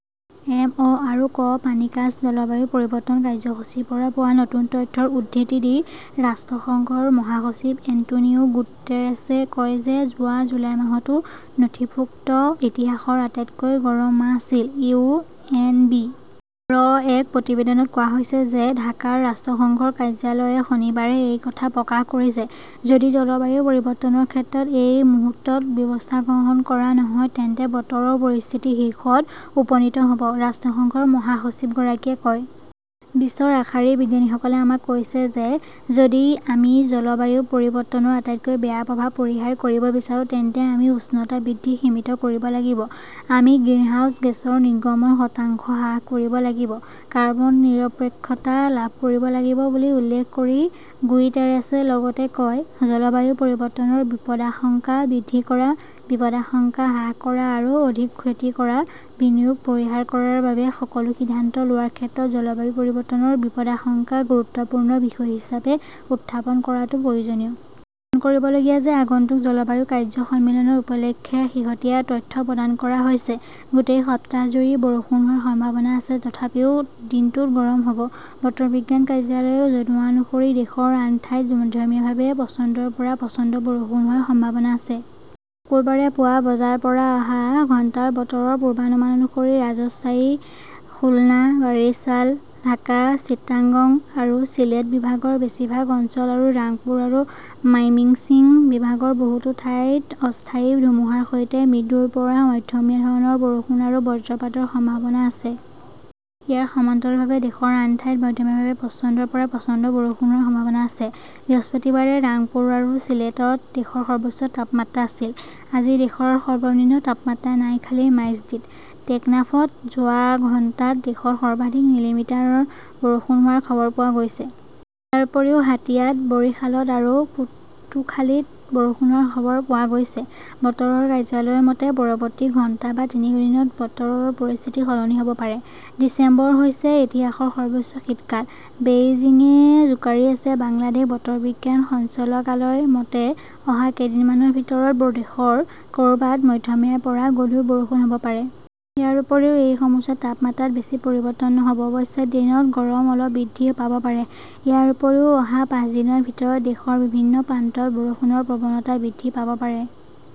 M. অ '. আৰু Copernicus জলবায়ু পৰিৱৰ্তন কাৰ্যসূচীৰ পৰা পোৱা নতুন তথ্যৰ উদ্ধৃতি দি ৰাষ্ট্ৰসংঘৰ মহাসচিব এন্টোনিও গুটেৰেছে কয় যে যোৱা জুলাই মাহটো নথিভুক্ত ইতিহাসৰ আটাইতকৈ গৰম মাহ আছিল। ইউ. এন. বি. -ৰ এক প্ৰতিবেদনত কোৱা হৈছে যে ঢাকাৰ ৰাষ্ট্ৰসংঘৰ কাৰ্যালয়ে শনিবাৰে এই কথা প্ৰকাশ কৰিছে। "যদি জলবায়ু পৰিৱৰ্তনৰ ক্ষেত্ৰত এই মুহূৰ্তত ব্যৱস্থা গ্ৰহণ কৰা নহয় তেন্তে বতৰৰ পৰিস্থিতি শীৰ্ষত উপনীত হ'ব ", ৰাষ্ট্ৰসংঘৰ মহাসচিবগৰাকীয়ে কয়। বিশ্বৰ আগশাৰীৰ বিজ্ঞানীসকলে আমাক কৈছে যে যদি আমি জলবায়ু পৰিৱৰ্তনৰ আটাইতকৈ বেয়া প্ৰভাৱ পৰিহাৰ কৰিব বিচাৰো তেন্তে আমি উষ্ণতা বৃদ্ধি সীমিত কৰিব লাগিব। আমি গ্ৰিনহাউজ গেছৰ নিৰ্গমন শতাংশ হ্ৰাস কৰিব লাগিব। " কাৰ্বন নিৰপেক্ষতা লাভ কৰিব লাগিব বুলি উল্লেখ কৰি গুইটেৰেছে লগতে কয়", জলবায়ু পৰিৱৰ্তনৰ বিপদাশংকা বৃদ্ধি কৰা, বিপদাশংকা হ্ৰাস কৰা আৰু অধিক ক্ষতি কৰা বিনিয়োগ পৰিহাৰ কৰাৰ বাবে সকলো সিদ্ধান্ত লোৱাৰ ক্ষেত্ৰত জলবায়ু পৰিৱৰ্তনৰ বিপদাশংকা গুৰুত্বপূৰ্ণ বিষয় হিচাপে উত্থাপন কৰাটো প্ৰয়োজনীয়। "মন কৰিবলগীয়া যে আগন্তুক জলবায়ু কাৰ্য্য সন্মিলনৰ উপলক্ষে শেহতীয়া তথ্য প্ৰদান কৰা হৈছে। গোটেই সপ্তাহজুৰি বৰষুণ হোৱাৰ সম্ভাৱনা আছে তথাপিও দিনটোত গৰম হ'ব। বতৰ বিজ্ঞান কাৰ্যালয়ে জনোৱা অনুসৰি দেশৰ আন ঠাইত মধ্যমীয়াভাৱে প্ৰচণ্ডৰ পৰা প্ৰচণ্ড বৰষুণ হোৱাৰ সম্ভাৱনা আছে। শুকুৰবাৰে পুৱা বজাৰ পৰা অহা ঘণ্টাৰ বতৰৰ পূৰ্বানুমান অনুসৰি ৰাজশ্বাহী, খুলনা, বাৰিছাল, ঢাকা, চিটাঙগং আৰু চিলেট বিভাগৰ বেছিভাগ অঞ্চল আৰু ৰাংপুৰ আৰু মাইমিংছিং বিভাগৰ বহুতো ঠাইত অস্থায়ী ধুমুহাৰ সৈতে মৃদুৰ পৰা মধ্যমীয়া ধৰণৰ বৰষুণ আৰু বজ্ৰপাতৰ সম্ভাৱনা আছে। ইয়াৰ সমান্তৰালভাৱে দেশৰ আন ঠাইত মধ্যমীয়াভাৱে প্ৰচণ্ডৰ পৰা প্ৰচণ্ড বৰষুণ হোৱাৰ সম্ভাৱনা আছে। বৃহস্পতিবাৰে ৰাংপুৰ আৰু চিলেটত দেশৰ সৰ্বোচ্চ তাপমাত্ৰা আছিল। আজি দেশৰ সৰ্বনিম্ন তাপমাত্ৰা নাইখালীৰ মাইজদীত। টেকনাফত যোৱা ঘণ্টাত দেশত সৰ্বাধিক মিলিমিটাৰ বৰষুণ হোৱাৰ খবৰ পোৱা গৈছে। ইয়াৰ উপৰিও হাতিয়াত, বৰিশালত আৰু পটুখালীত বৰষুণ হোৱাৰ খবৰ পোৱা গৈছে। বতৰৰ কাৰ্যালয়ৰ মতে, পৰৱৰ্তী ঘণ্টা বা তিনি দিনত বতৰৰ পৰিস্থিতি সলনি হ'ব পাৰে। ডিচেম্বৰ হৈছে ইতিহাসৰ সৰ্বোচ্চ শীতকাল, বেইজিঙে জোকাৰি আছে বাংলাদেশ বতৰ বিজ্ঞান সঞ্চালকালয়ৰ মতে, অহা কেইদিনমানৰ ভিতৰত দেশৰ ক'ৰবাত মধ্যমীয়াৰ পৰা গধুৰ বৰষুণ হ'ব পাৰে। ইয়াৰ উপৰিও এই সময়ছোৱাত তাপমাত্ৰাত বেছি পৰিৱৰ্তন নহ'ব। অৱশ্যে, দিনত গৰম অলপ বৃদ্ধি পাব পাৰে। ইয়াৰ উপৰিও, অহা পাঁচ দিনৰ ভিতৰত দেশৰ বিভিন্ন প্ৰান্তত বৰষুণৰ প্ৰৱণতা বৃদ্ধি পাব পাৰে।